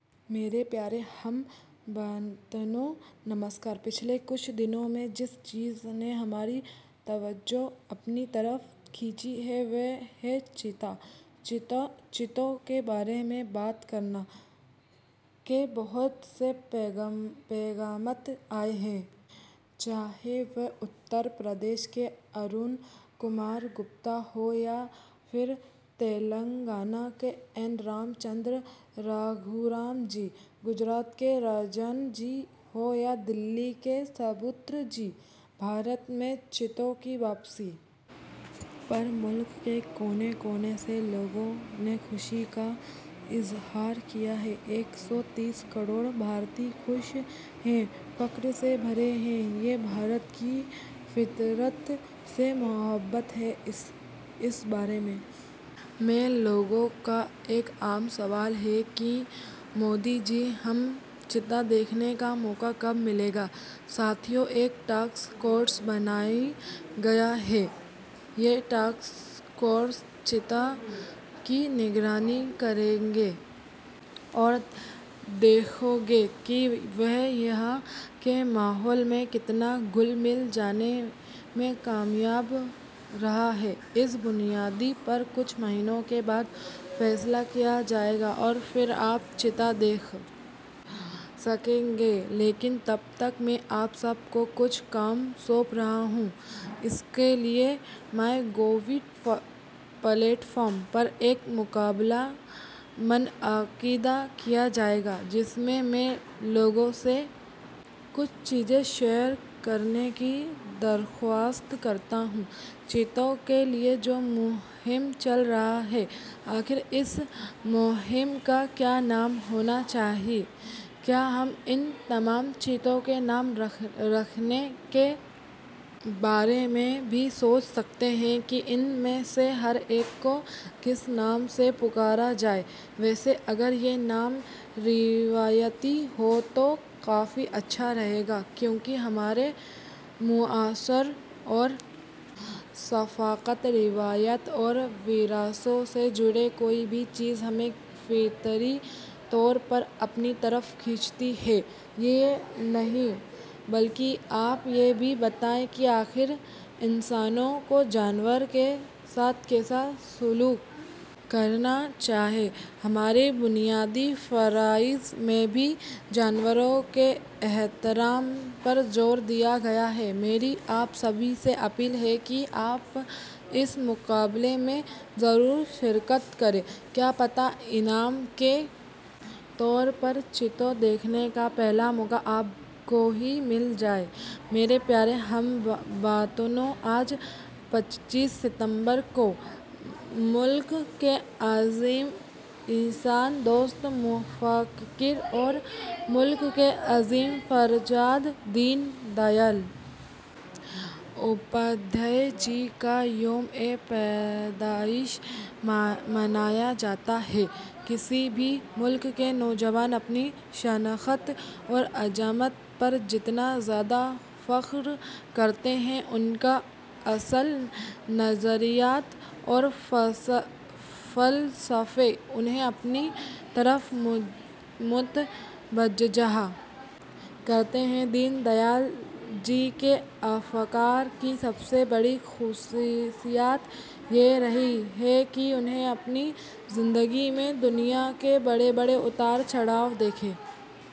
میرے پیارے ہم وطنو نمسکار پچھلے کچھ دنوں میں جس چیز نے ہماری توجہ اپنی طرف کھینچی ہے وہ ہے چیتا چیتوں کے بارے میں بات کرنے کے بہت سے پیغامات آئے ہیں چاہے وہ اتر پردیش کے ارون کمار گپتا ہوں یا پھر تلنگانہ کے این رام چندرن رگھورام جی گجرات کے راجن جی ہوں یا دلی کے سبرت جی بھارت میں چیتوں کی واپسی پر ملک کے کونے کونے سے لوگوں نے خوشی کا اظہار کیا ہے ایک سو تیس کروڑ بھارتی خوش ہیں فخر سے بھرے ہیں یہ بھارت کی فطرت سے محبت ہے اس بارے میں لوگوں کا ایک عام سوال ہے کہ مودی جی ہمیں چیتا دیکھنے کا موقع کب ملے گا ساتھیو ایک ٹاسک فورس بنائی گئی ہے یہ ٹاسک فورس چیتوں کی نگرانی کرے گی اور دیکھے گی کہ وہ یہاں کے ماحول میں کتنا گھل مل جانے میں کامیاب رہے ہیں اس بنیاد پر کچھ مہینوں کے بعد فیصلہ کیا جائے گا اور پھر آپ چیتا دیکھ سکیں گے لیکن تب تک میں آپ سب کو کچھ کام سونپ رہا ہوں اس کے لیے مائی گو پلیٹ فارم پر ایک مقابلہ منعقد کیا جائے گا جس میں میں لوگوں سے کچھ چیزیں شیئر کرنے کی درخواست کرتا ہوں چیتوں کے لیے جو مہم چلا رہے ہیں آخر اس مہم کا کیا نام ہونا چاہیے کیا ہم ان تمام چیتوں کے نام رکھنے کے بارے میں بھی سوچ سکتے ہیں کہ ان میں سے ہر ایک کو کس نام سے پکارا جائے ویسے اگر یہ نام روایتی ہوں تو کافی اچھا رہے گا کیونکہ ہمارے معاشرے اور ثقافت روایت اور ورثے سے جڑی کوئی بھی چیز ہمیں فطری طور پر اپنی طرف کھینچتی ہے یہی نہیں بلکہ آپ یہ بھی بتائیں کہ آخر انسانوں کو جانوروں کے ساتھ کیسا سلوک کرنا چاہیے ہمارے بنیادی فرائض میں بھی جانوروں کے احترام پر زور دیا گیا ہے میری آپ سبھی سے اپیل ہے کہ آپ اس مقابلے میں ضرور شرکت کریں کیا پتہ انعام کے طور پر چیتے دیکھنے کا پہلا موقع آپ کو ہی مل جائے میرے پیارے ہم وطنو آج پچیس ستمبر کو ملک کے عظیم انسان دوست مفکر اور ملک کے عظیم فرزند دین دیال اپادھیائے جی کا یوم پیدائش منایا جاتا ہے کسی بھی ملک کے نوجوان اپنی شناخت اور عظمت پر جتنا زیادہ فخر کرتے ہیں ان کے اصل نظریات اور فلسفے انہیں اپنی طرف متوجہ کرتے ہیں دین دیال جی کے افکار کی سب سے بڑی خصوصیت یہ رہی ہے کہ انہوں نے اپنی زندگی میں دنیا کے بڑے بڑے اتار چڑھاؤ دیکھے